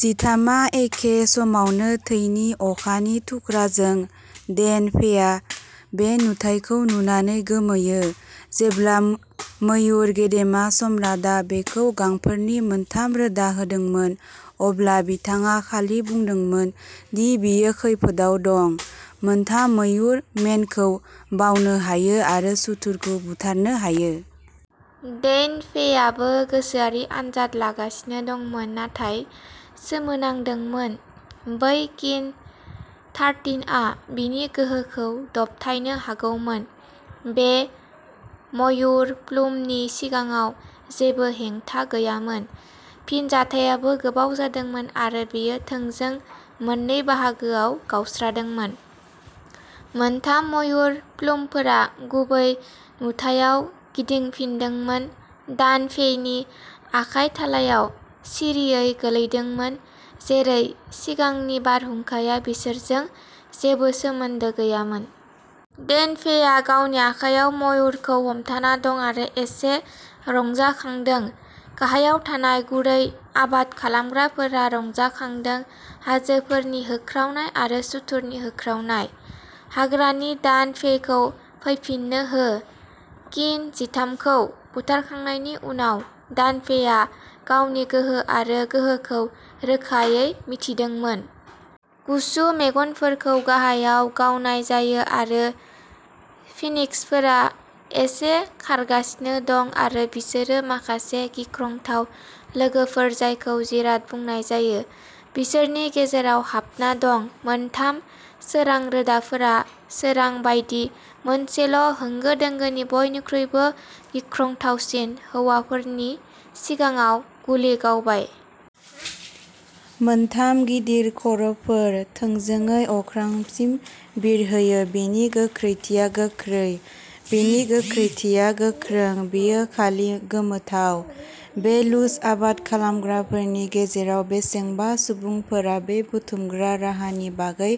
जिथामआ एखे समावनो थैनि अखानि थुख्राजों। डेन फेइया बे नुथायखौ नुनानै गोमोयो। जेब्ला मयुर गेदेमा सम्राटआ बिखौ गांफोरनि मोनथाम रोदा होदोंमोन, अब्ला बिथाङा खालि बुंदोंमोन दि बियो खैफोदआव दं। मोनथाम मयुर मेनखौ बावनो हायो आरो सुथुरखौ बुथारनो हायो। डेन फेइआबो गोसोआरि आनजाद लागासिनो दंमोन, नाथाय सोमोनांदोंमोन। बै किन थार्टिनआ बिनि गोहोखौ दबथायनो हागौमोन। बे मयुर प्लुमनि सिगाङाव, जेबो हेंथा गैयामोन। फिनजाथायाबो गोबाव जादोंमोन आरो बेयो थोंजों मोननै बाहागोआव गावस्रादोंमोन। मोनथाम मयुर प्लुमफोरा गुबै नुथायाव गिदिंफिनदोंमोन, दान फेइनि आखाइ थालायाव सिरियै गोलैदोंमोन, जेरै सिगांनि बारहुंखाया बिसोरजों जेबो सोमोन्दो गैयामोन। डेन फेइआ गावनि आखायाव मयुरखौ हमथाना दं आरो एसे रंजाखांदों। गाहायाव थानाय गुरै आबाद खालामग्राफोरा रंजाखांदों हाजोफोरनि होख्रावनाय आरो सुथुरनि होख्रावनाय। हाग्रानि, दान फेइखौ फैफिननो हो। किन जिथामखौ बुथारखांनायनि उनाव, दान फेइआ गावनि गोहो आरो गोहोखौ रोखायै मिथिदोंमोन। गुसु मेगनफोरखौ गाहायाव गावनाय जायो आरो फिनिक्सफोरा एसे खारगासिनो दं आरो बिसोरो माखासे गिख्रंथाव लोगोफोर जायखौ जिराद बुंनाय जायो, बिसोरनि गेजेराव हाबना दं। मोनथाम सोरां रोदाफोरा, सोरां बायदि मोनसेल' होंगो दोंगोनि बयनिख्रुइबो गिख्रंथावसिन हौवाफोरनि सिगाङाव गुलि गावबाय। मोनथाम गिदिर खर'फोर, थोंजोङै अख्रांसिम बिरहोयो। बेनि गोख्रैथिया गोख्रै, बेनि गोख्रैथिया गोख्रों, बेयो खालि गोमोथाव। बे लुज आबाद खालामग्राफोरनि गेजेराव बेसेबां सुबुंफोरा बे बुथारग्रा राहानि बागै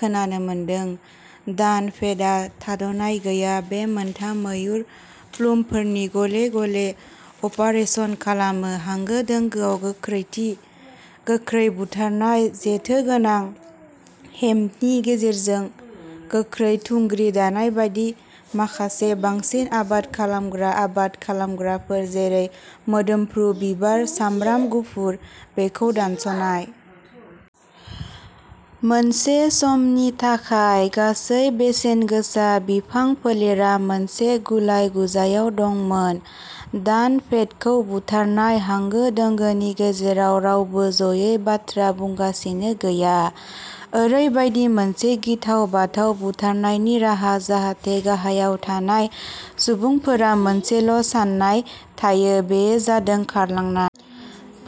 खोनानो मोनदों दान फेइआ थाद'नाय गैया, बे मोनथाम मयुर प्लुमफोरखौ गले-गले अपारेसन खालामो, होंगो-दोंगोआव, गोख्रै बुथारनाय, जेथोगोनां हेंपनि गेजेरजों गोख्रै थुंग्रि दाननाय बायदि, माखासे बांसिन आबाद खालामग्रा आबाद खालामग्राफोर, जेरै मोदोमफ्रु बिबार सामब्राम गुफुर, बेखौ दानस'नाय। मोनसे समनि थाखाय, गासै बेसेनगोसा बिफां फोलेरा मोनसे गुलाय-गुजायाव दंमोन। दान फेइखौ बुथारनाय, होंगो-दोंगोनि गेजेराव रावबो ज'यै बाथ्रा बुंगासिनो गैया। ओरैबायदि मोनसे गिथाव-बाथाव बुथारनायनि राहा जाहाथे गाहायाव थानाय सुबुंफोरा मोनसेल' साननाय थायो, बेयो जादों खारलांनाय।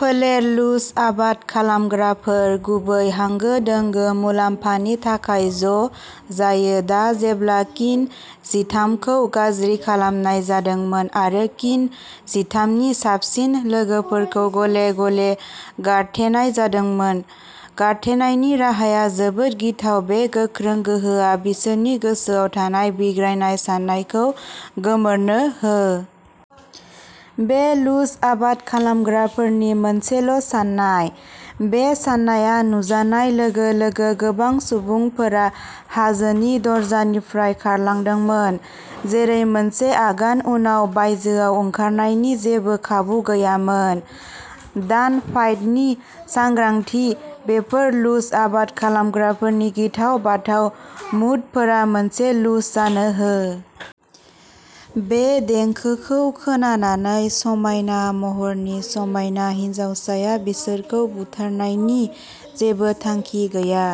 बेफोर लुज आबाद खालामग्राफोर गुबैयै होंगो-दोंगो, मुलाम्फानि थाखाय ज' जायो। दा जेब्ला किन जिथाम खौ गाज्रि खालामनाय जादोंमोन आरो किन जिथाम नि साबसिन लोगोफोरखौ गले-गले गारथेनाय जादोंमोन। गारथेनायनि राहाया जोबोद गिथाव, बे गोख्रों गोहोआ बिसोरनि गोसोआव थानाय बिग्रायनाय साननायखौ गोमोरनो हो। बे लुज आबाद खालामग्राफोरनि मोनसेल' साननाय। बे सान्नाया नुजानाय लोगो लोगो गोबां सुबुंफोरा हाजोनि दरजानिफ्राय खारलांदोंमोन, जेरै मोनसे आगान उनाव बायजोआव ओंखारनायनि जेबो खाबु गैयामोन। दान फेइनि सांग्रांथि, बेफोर लुज आबाद खालामग्राफोरनि गिथाव-बाथाव मुडफोरा मोनसे लुज जानो हो। बे देंखोखौ खोनानानै समायना महरनि समायना हिनजावसाया बिसोरखौ बुथारनायनि जेबो थांखि गैया।